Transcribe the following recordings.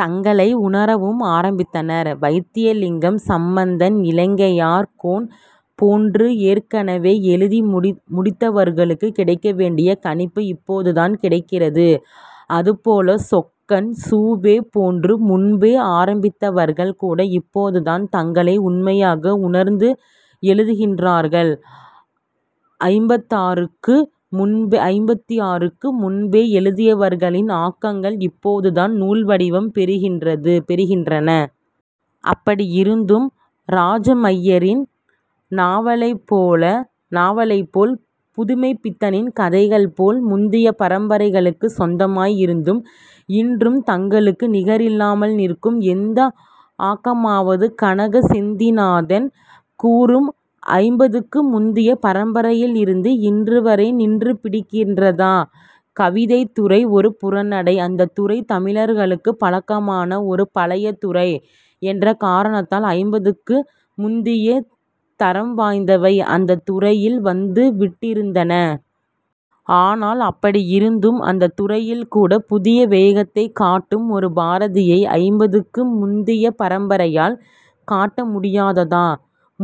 தங்களை உணரவும் ஆரம்பித்தனர். வைத்தியலிங்கம், சம்பந்தன், இலங்கையர்கோன் போன்று ஏற்கனவே எழுதி முடித்தவர்களுக்குக் கிடைக்கவேண்டிய கணிப்பு இப்போதுதான் கிடைக்கிறது. அதுபோல சொக்கன், சு. வே. போன்று முன்பே ஆரம்பித்தவர்கள் கூட இப்போதுதான் தங்களை உண்மையாக உணர்ந்து எழுதுகின்றார்கள். ஐம்பத்தாறுக்கு முன்பே எழுதியவர்களின் ஆக்கங்கள் இப்போதுதான் நூல்வடிவம் பெறுகின்றன. அப்படி இருந்தும் ராஜமய்யரின் நாவலைப்போல், புதுமைப்பித்தனின் கதைகளைப்போல் முந்திய பரம்பரைகளுக்குச் சொந்தமாய் இருந்தும் இன்றும் தங்களுக்கு நிகரில்லாமல் நிற்கும் எந்த ஆக்கமாவது கனக செந்திநாதன் கூறும் ஐம்பதுக்கு முந்திய பரம்பரையிலிருந்து இன்றுவரை நின்று பிடிக்கின்றதா? கவிதைத்துறை ஒரு புறநடை. அந்தத் துறை தமிழர்களுக்குப் பழக்கமான ஒரு பழைய துறை என்ற காரணத்தால் ஐம்பதுக்கு முந்தியே தரம் வாய்ந்தவை அந்தத் துறையில் வந்துவிட்டிருந்தன. ஆனால் அப்படி இருந்தும் அந்தத் துறையில்கூட புதிய வேகத்தைக் காட்டும் ஒரு பாரதியை, ஐம்பதுக்கு முந்திய பரம்பரையால் காட்ட முடியாததா?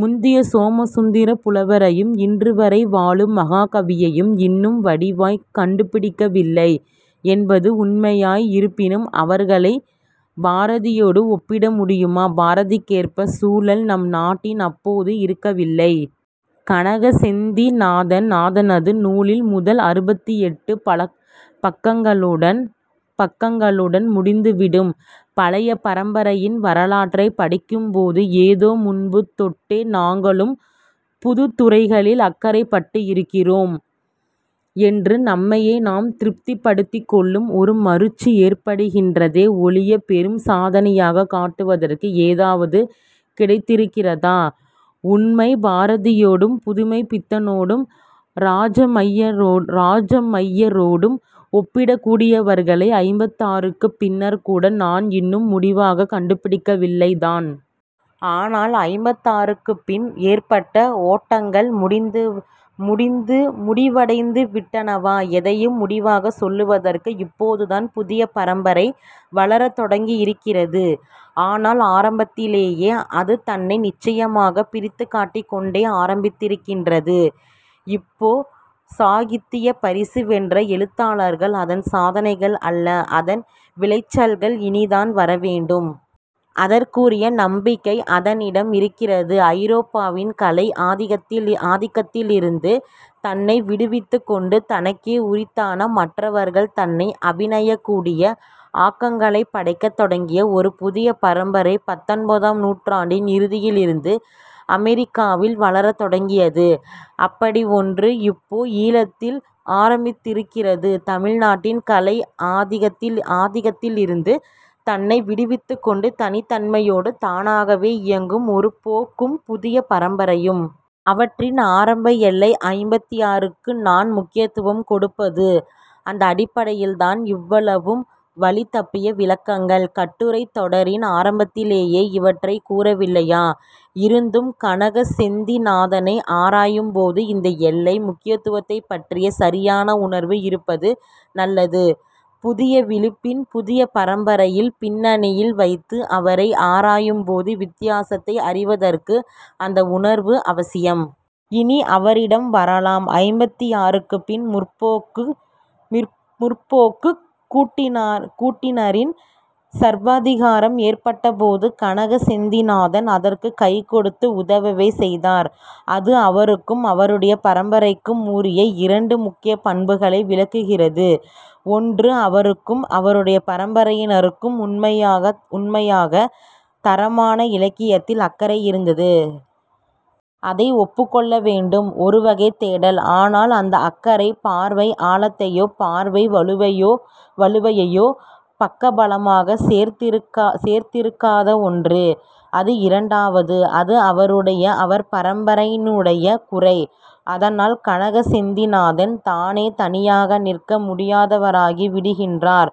முந்திய சோமசுந்தரப் புலவரையும் இன்றுவரை வாழும் மகாகவியையும் இன்னும் வடிவாய்க் கண்டுபிடிக்கவில்லை என்பது உண்மையாய் இருப்பினும் அவர்களைப் பாரதியோடு ஒப்பிட முடியுமா? பாரதிக்கேற்ப சூழல் நம் நாட்டில் அப்போது இருக்கவில்லை. கனக செந்திநாதனது நூலில் முதல் அறுபத்தெட்டு பக்கங்களுடன் முடிந்துவிடும் பழைய பரம்பரையின் வரலாற்றைப் படிக்கும்போது ஏதோ முன்பு தொட்டே நாங்களும் புதுத்துறைகளில் அக்கறைப்பட்டிருக்கிறோம் என்று நம்மையே நாம் திருப்திப்படுத்திக்கொள்ளும் ஒரு மருட்சி ஏற்படுக்கின்றதே ஒழிய பெரும் சாதனையாகக் காட்டுவதற்கு ஏதாவது கிடைத்திருக்கிறதா? உண்மை, பாரதியோடும் புதுமைப்பித்தனோடும் ராஜமய்யரோடும் ஒப்பிடக்கூடியவர்களை ஐம்பத்தாறுக்குப் பின்னர் கூட நான் இன்னும் முடிவாகக் கண்டுபிடிக்கவில்லைதான். ஆனால் ஐம்பத்தாறுக்குப் பின் ஏற்பட்ட ஓட்டங்கள் முடிவடைந்துவிட்டனவா, எதையும் முடிவாகச் சொல்வதற்கு? இப்போதுதான் புதிய பரம்பரை வளரத் தொடங்கியிருக்கிறது. ஆனால் ஆரம்பத்திலேயே அது தன்னை நிச்சயமாகப் பிரித்துக் காட்டிக்கொண்டே ஆரம்பித்திருக்கின்றது. இப்போ சாகித்தியப் பரிசு வென்ற எழுத்தாளர்கள் அதன் சாதனைகள் அல்ல. அதன் விளைச்சல்கள் இனிதான் வரவேண்டும். அதற்குரிய நம்பிக்கை அதனிடம் இருக்கிறது. ஐரோப்பாவின் கலை ஆதிக்கத்திலிருந்து தன்னை விடுவித்துக்கொண்டு தனக்கே உரித்தான, மற்றவர்கள் தன்னை அபிநயிக்கக்கூடிய, ஆக்கங்களைப் படைக்கத் தொடங்கிய ஒரு புதிய பரம்பரை பத்தொன்பதாம் நூற்றாண்டின் இறுதியிலிருந்து அமெரிக்காவில் வளரத் தொடங்கியது. அப்படி ஒன்று இப்போ ஈழத்தில் ஆரம்பித்திருக்கிறது. தமிழ்நாட்டின் கலை ஆதிக்கத்திலிருந்து தன்னை விடுவித்துக்கொண்டு தனித்தன்மையோடு தானாகவே இயங்கும் ஒரு போக்கும் புதிய பரம்பரையும்! அவற்றின் ஆரம்ப எல்லை. ஐம்பத்தாறு.க்கு நான் முக்கியத்துவம் கொடுப்பது அந்த அடிப்படையில்தான். இவ்வளவும் வழிதப்பிய விளக்கங்கள். கட்டுரைத் தொடரின் ஆரம்பத்திலேயே இவற்றைக் கூறவில்லையா? இருந்தும் கனக செந்திநாதனை ஆராயும்போது இந்த எல்லை முக்கியத்துவத்தைப்பற்றிய சரியான உணர்வு இருப்பது நல்லது. புதிய விழிப்பின் புதிய பரம்பரையில் பின்னணியில் வைத்து அவரை ஆராயும்போது வித்தியாசத்தை அறிவதற்கு அந்த உணர்வு அவசியம். இனி அவரிடம் வரலாம். ஐம்பத்தாறுக்குப் பின் 'முற்போக்கு'க் கூட்டினரின் சர்வாதிகாரம் ஏற்பட்டபோது கனக செந்திநாதன் அதற்குக் கைகொடுத்து உதவவே செய்தார். அது அவருக்கும் அவருடைய பரம்பரைக்கும் உரிய இரண்டு முக்கிய பண்புகளை விளக்குகிறது. ஒன்று, அவருக்கும் அவருடைய பரம்பரையினருக்கும் உண்மையாகத் தரமான இலக்கியத்தில் அக்கறை இருந்தது. அதை ஒப்புக்கொள்ள வேண்டும். ஒருவகைத் தேடல். ஆனால் அந்த அக்கறை, பார்வை ஆழத்தையோ பார்வை வலுவையையோ பக்கபலமாகச் சேர்த்திருக்காத ஒன்று. அது இரண்டாவது. அது அவருடைய, அவர் பரம்பரையினுடைய குறை. அதனால் கனக செந்திநாதன் தானே தனியாக நிற்க முடியாதவராகி விடுகின்றார்.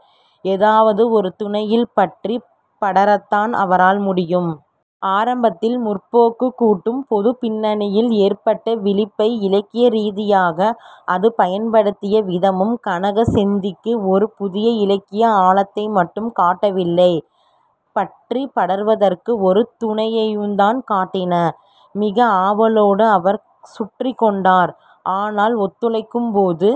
ஏதாவது ஒரு துணையில் பற்றிப் படரத்தான் அவரால் முடியும். ஆரம்பத்தில் முற்போக்குக் கூட்டும், பொதுப் பின்னணியில் ஏற்பட்ட விழிப்பை இலக்கிய ரீதியாக அது பயன்படுத்திய விதமும் கனக செந்திக்கு ஒரு புதிய இலக்கிய ஆழத்தை மட்டும் காட்டவில்லை. பற்றிப் படர்வதற்கு ஒரு துணையையுந்தான் காட்டின. மிக ஆவலோடு அவர் சுற்றிக்கொண்டார். ஆனால் ஒத்துழைக்கும்போது